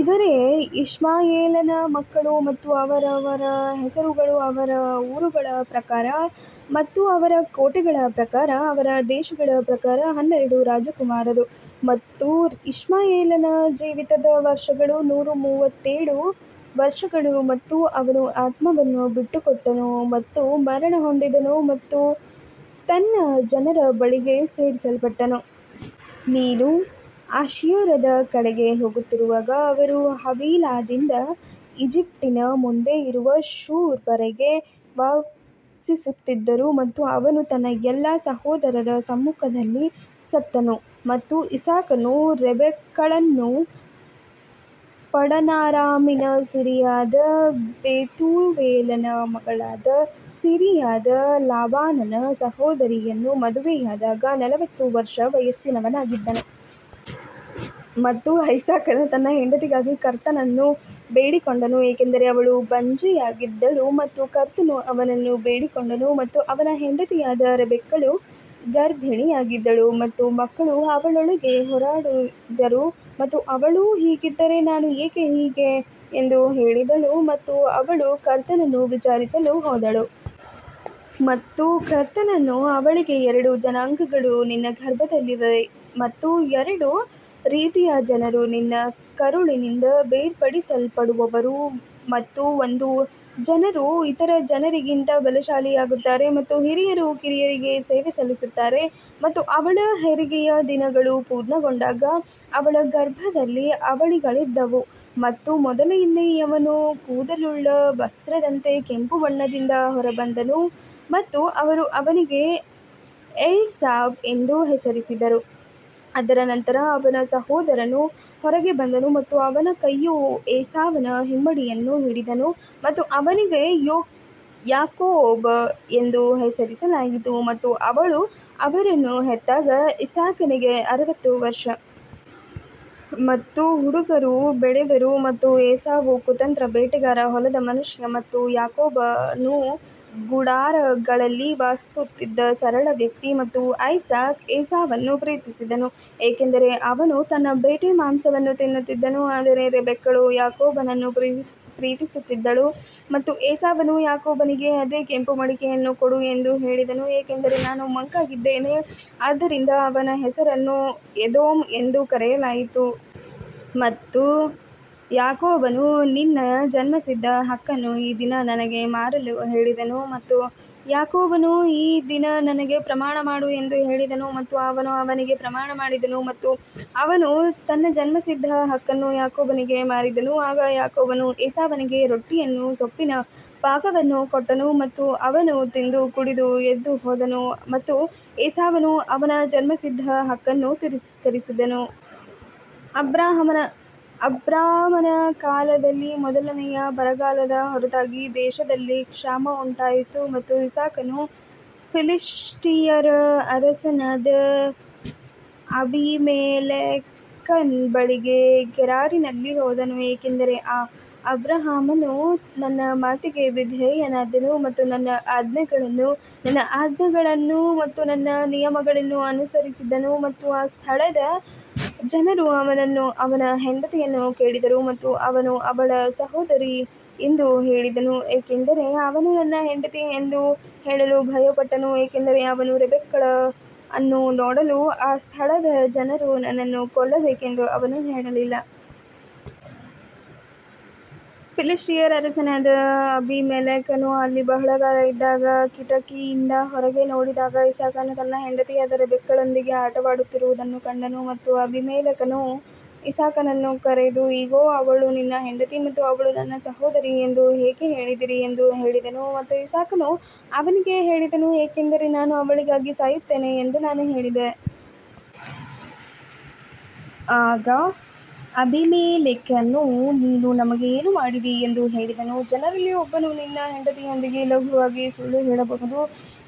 ಇವರೇ ಇಷ್ಮಾಯೇಲನ ಮಕ್ಕಳು ಮತ್ತು ಅವರವರ ಹೆಸರುಗಳು ಅವರ ಊರುಗಳ ಪ್ರಕಾರ ಮತ್ತು ಅವರ ಕೋಟೆಗಳ ಪ್ರಕಾರ ಅವರ ದೇಶಗಳ ಪ್ರಕಾರ ಹನ್ನೆರಡು ರಾಜಕುಮಾರರು. ಮತ್ತು ಇಷ್ಮಾಯೇಲನ ಜೀವಿತದ ವರ್ಷಗಳು ನೂರ ಮೂವತ್ತೇಳು ವರ್ಷಗಳು ಮತ್ತು ಅವನು ಆತ್ಮವನ್ನು ಬಿಟ್ಟುಕೊಟ್ಟನು ಮತ್ತು ಮರಣಹೊಂದಿದನು ಮತ್ತು ತನ್ನ ಜನರ ಬಳಿಗೆ ಸೇರಿಸಲ್ಪಟ್ಟನು. ನೀನು ಅಶ್ಶೂರದ ಕಡೆಗೆ ಹೋಗುತ್ತಿರುವಾಗ ಅವರು ಹವೀಲಾದಿಂದ ಈಜಿಪ್ಟಿನ ಮುಂದೆ ಇರುವ ಶೂರ್ ವರೆಗೆ ವಾಸಿಸುತ್ತಿದ್ದರು ಮತ್ತು ಅವನು ತನ್ನ ಎಲ್ಲಾ ಸಹೋದರರ ಸಮ್ಮುಖದಲ್ಲಿ ಸತ್ತನು. ಮತ್ತು ಇಸಾಕನು ರೆಬೆಕ್ಕಳನ್ನು ಪಡನಾರಾಮಿನ ಸಿರಿಯಾದ ಬೆತೂವೇಲನ ಮಗಳಾದ ಸಿರಿಯಾದ ಲಾಬಾನನ ಸಹೋದರಿಯನ್ನು ಮದುವೆಯಾದಾಗ ನಲವತ್ತು ವರ್ಷ ವಯಸ್ಸಿನವನಾಗಿದ್ದನು. ಮತ್ತು ಐಸಾಕನು ತನ್ನ ಹೆಂಡತಿಗಾಗಿ ಕರ್ತನನ್ನು ಬೇಡಿಕೊಂಡನು ಏಕೆಂದರೆ ಅವಳು ಬಂಜೆಯಾಗಿದ್ದಳು ಮತ್ತು ಕರ್ತನು ಅವನನ್ನು ಬೇಡಿಕೊಂಡನು ಮತ್ತು ಅವನ ಹೆಂಡತಿಯಾದ ರೆಬೆಕ್ಕಳು ಗರ್ಭಿಣಿಯಾಗಿದ್ದಳು. ಮತ್ತು ಮಕ್ಕಳು ಅವಳೊಳಗೆ ಹೋರಾಡಿದರು ಮತ್ತು ಅವಳು ಹೀಗಿದ್ದರೆ ನಾನು ಯಾಕೆ ಹೀಗೆ ಎಂದು ಹೇಳಿದಳು ಮತ್ತು ಅವಳು ಕರ್ತನನ್ನು ವಿಚಾರಿಸಲು ಹೋದಳು. ಮತ್ತು ಕರ್ತನು ಅವಳಿಗೆ ಎರಡು ಜನಾಂಗಗಳು ನಿನ್ನ ಗರ್ಭದಲ್ಲಿವೆ ಮತ್ತು ಎರಡು ರೀತಿಯ ಜನರು ನಿನ್ನ ಕರುಳಿನಿಂದ ಬೇರ್ಪಡಿಸಲ್ಪಡುವರು ಮತ್ತು ಒಂದು ಜನರು ಇತರ ಜನರಿಗಿಂತ ಬಲಶಾಲಿಯಾಗುತ್ತಾರೆ ಮತ್ತು ಹಿರಿಯರು ಕಿರಿಯರಿಗೆ ಸೇವೆ ಸಲ್ಲಿಸುತ್ತಾರೆ. ಮತ್ತು ಅವಳ ಹೆರಿಗೆಯ ದಿನಗಳು ಪೂರ್ಣಗೊಂಡಾಗ ಅವಳ ಗರ್ಭದಲ್ಲಿ ಅವಳಿಗಳಿದ್ದವು ಮತ್ತು ಮೊದಲನೆಯವನು ಕೂದಲುಳ್ಳ ವಸ್ತ್ರದಂತೆ ಕೆಂಪು ಬಣ್ಣದಿಂದ ಹೊರಬಂದನು ಮತ್ತು ಅವರು ಅವನಿಗೆ ಏಸಾವ್ ಎಂದು ಹೆಸರಿಸಿದರು ಅದರ ನಂತರ ಅವನ ಸಹೋದರನು ಹೊರಗೆ ಬಂದನು ಮತ್ತು ಅವನ ಕೈಯು ಏಸಾವನ ಹಿಮ್ಮಡಿಯನ್ನು ಹಿಡಿದನು ಮತ್ತು ಅವನಿಗೆ ಯಾಕೋಬ್ ಎಂದು ಹೆಸರಿಸಲಾಯಿತು ಮತ್ತು ಅವಳು ಅವರನ್ನು ಹೆತ್ತಾಗ ಇಸಾಕನಿಗೆ ಅರವತ್ತು ವರ್ಷ. ಮತ್ತು ಹುಡುಗರು ಬೆಳೆದರು ಮತ್ತು ಏಸಾವು ಕುತಂತ್ರ ಬೇಟೆಗಾರ ಹೊಲದ ಮನುಷ್ಯ ಮತ್ತು ಯಾಕೋಬನು ಗುಡಾರಗಳಲ್ಲಿ ವಾಸಿಸುತ್ತಿದ್ದ ಸರಳ ವ್ಯಕ್ತಿ. ಮತ್ತು ಐಸಾಕ್ ಏಸಾವನ್ನು ಪ್ರೀತಿಸಿದನು ಏಕೆಂದರೆ ಅವನು ತನ್ನ ಬೇಟೆ ಮಾಂಸವನ್ನು ತಿನ್ನುತ್ತಿದ್ದನು ಆದರೆ ರೆಬೆಕ್ಕಳು ಯಾಕೋಬನನ್ನು ಪ್ರೀತಿಸುತ್ತಿದ್ದಳು ಮತ್ತು ಏಸಾವನು ಯಾಕೋಬನಿಗೆ ಅದೇ ಕೆಂಪು ಮಡಿಕೆಯನ್ನು ಕೊಡು ಎಂದು ಹೇಳಿದನು, ಏಕೆಂದರೆ ನಾನು ಮಂಕಾಗಿದ್ದೇನೆ ಆದ್ದರಿಂದ ಅವನ ಹೆಸರನ್ನು ಎದೋಮ್ ಎಂದು ಕರೆಯಲಾಯಿತು. ಮತ್ತು ಯಾಕೋಬನು ನಿನ್ನ ಜನ್ಮಸಿದ್ಧ ಹಕ್ಕನ್ನು ಈ ದಿನ ನನಗೆ ಮಾರಲು ಹೇಳಿದನು ಮತ್ತು ಯಾಕೋಬನು ಈ ದಿನ ನನಗೆ ಪ್ರಮಾಣ ಮಾಡು ಎಂದು ಹೇಳಿದನು ಮತ್ತು ಅವನು ಅವನಿಗೆ ಪ್ರಮಾಣ ಮಾಡಿದನು ಮತ್ತು ಅವನು ತನ್ನ ಜನ್ಮಸಿದ್ಧ ಹಕ್ಕನ್ನು ಯಾಕೋಬನಿಗೆ ಮಾರಿದನು. ಆಗ ಯಾಕೋಬನು ಏಸಾವನಿಗೆ ರೊಟ್ಟಿಯನ್ನೂ ಸೊಪ್ಪಿನ ಪಾಕವನ್ನೂ ಕೊಟ್ಟನು ಮತ್ತು ಅವನು ತಿಂದು ಕುಡಿದು ಎದ್ದು ಹೋದನು ಮತ್ತು ಏಸಾವನು ಅವನ ಜನ್ಮಸಿದ್ಧ ಹಕ್ಕನ್ನು ತಿರಸ್ಕರಿಸಿದನು. ಅಬ್ರಹಾಮನ ಕಾಲದಲ್ಲಿ ಮೊದಲನೆಯ ಬರಗಾಲದ ಹೊರತಾಗಿ ದೇಶದಲ್ಲಿ ಕ್ಷಾಮ ಉಂಟಾಯಿತು ಮತ್ತು ಇಸಾಕನು ಫಿಲಿಷ್ಟಿಯರ ಅರಸನಾದ ಅಬೀಮೆಲೆಕನ ಬಳಿಗೆ ಗೆರಾರಿನಲ್ಲಿ ಹೋದನು. ಏಕೆಂದರೆ ಆ ಅಬ್ರಹಾಮನು ನನ್ನ ಮಾತಿಗೆ ವಿಧೇಯನಾದನು ಮತ್ತು ನನ್ನ ಆಜ್ಞೆಗಳನ್ನು ನನ್ನ ಆಜ್ಞೆಗಳನ್ನು ಮತ್ತು ನನ್ನ ನಿಯಮಗಳನ್ನು ಅನುಸರಿಸಿದನು ಮತ್ತು ಆ ಸ್ಥಳದ ಜನರು ಅವನನ್ನು ಅವನ ಹೆಂಡತಿಯನ್ನು ಕೇಳಿದರು ಮತ್ತು ಅವನು ಅವಳು ನನ್ನ ಸಹೋದರಿ ಎಂದು ಹೇಳಿದನು ಏಕೆಂದರೆ ಅವನು ನನ್ನ ಹೆಂಡತಿ ಎಂದು ಹೇಳಲು ಭಯಪಟ್ಟನು ಏಕೆಂದರೆ ಅವನು ರೆಬೆಕ್ಕಳನ್ನು ನೋಡಲು ಆ ಸ್ಥಳದ ಜನರು ನನ್ನನ್ನು ಕೊಲ್ಲಬೇಕೆಂದು ಅವನು ಹೇಳಲಿಲ್ಲ. ಫಿಲಿಷ್ಟಿಯರ ಅರಸನಾದ ಅಬೀಮೆಲೆಕನು ಅಲ್ಲಿ ಬಹಳ ಕಾಲ ಇದ್ದಾಗ ಕಿಟಕಿಯಿಂದ ಹೊರಗೆ ನೋಡಿದಾಗ ಇಸಾಕನು ತನ್ನ ಹೆಂಡತಿಯಾದ ರೆಬೆಕ್ಕಳೊಂದಿಗೆ ಆಟವಾಡುತ್ತಿರುವುದನ್ನು ಕಂಡನು. ಮತ್ತು ಅಬೀಮೆಲೆಕನು ಇಸಾಕನನ್ನು ಕರೆದು, ಇಗೋ, ಅವಳು ನಿನ್ನ ಹೆಂಡತಿ ಮತ್ತು ಅವಳು ನನ್ನ ಸಹೋದರಿ ಎಂದು ಹೇಗೆ ಹೇಳಿದಿರಿ ಎಂದು ಹೇಳಿದನು ಮತ್ತು ಇಸಾಕನು ಅವನಿಗೆ ಹೇಳಿದನು ಏಕೆಂದರೆ ನಾನು ಅವಳಿಗಾಗಿ ಸಾಯುತ್ತೇನೆ ಎಂದು ನಾನು ಹೇಳಿದೆ. ಆಗ ಅಬೀಮೆಲೆಕನು, ನೀನು ನಮಗೆ ಏನು ಮಾಡಿದಿ ಎಂದು ಹೇಳಿದನು, ಜನರಲ್ಲಿ ಒಬ್ಬನು ನಿನ್ನ ಹೆಂಡತಿಯೊಂದಿಗೆ ಲಘುವಾಗಿ ಸುಳ್ಳು ಹೇಳಬಹುದು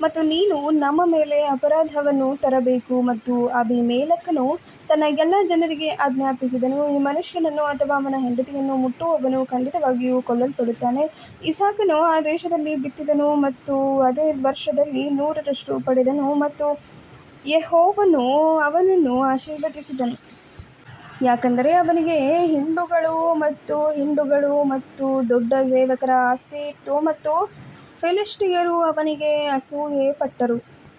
ಮತ್ತು ನೀನು ನಮ್ಮ ಮೇಲೆ ಅಪರಾಧವನ್ನು ತರಬೇಕು. ಮತ್ತು ಅಬೀಮೆಲೆಕನು ತನ್ನ ಎಲ್ಲಾ ಜನರಿಗೆ ಆಜ್ಞಾಪಿಸಿದನು, ಈ ಮನುಷ್ಯನನ್ನು ಅಥವಾ ಅವನ ಹೆಂಡತಿಯನ್ನು ಮುಟ್ಟುವವನು ಖಂಡಿತವಾಗಿಯೂ ಕೊಲ್ಲಲ್ಪಡುತ್ತಾನೆ ಇಸಾಕನು ಆ ದೇಶದಲ್ಲಿ ಬಿತ್ತಿದನು ಮತ್ತು ಅದೇ ವರ್ಷದಲ್ಲಿ ನೂರರಷ್ಟು ಪಡೆದನು ಮತ್ತು ಯೆಹೋವನು ಅವನನ್ನು ಆಶೀರ್ವದಿಸಿದನು. ಯಾಕಂದರೆ ಅವನಿಗೆ ಹಿಂಡುಗಳು ಮತ್ತು ಹಿಂಡುಗಳು ಮತ್ತು ದೊಡ್ಡ ಸೇವಕರ ಆಸ್ತಿ ಇತ್ತು ಮತ್ತು ಫಿಲಿಷ್ಟಿಯರು ಅವನಿಗೆ ಅಸೂಯೆಪಟ್ಟರು.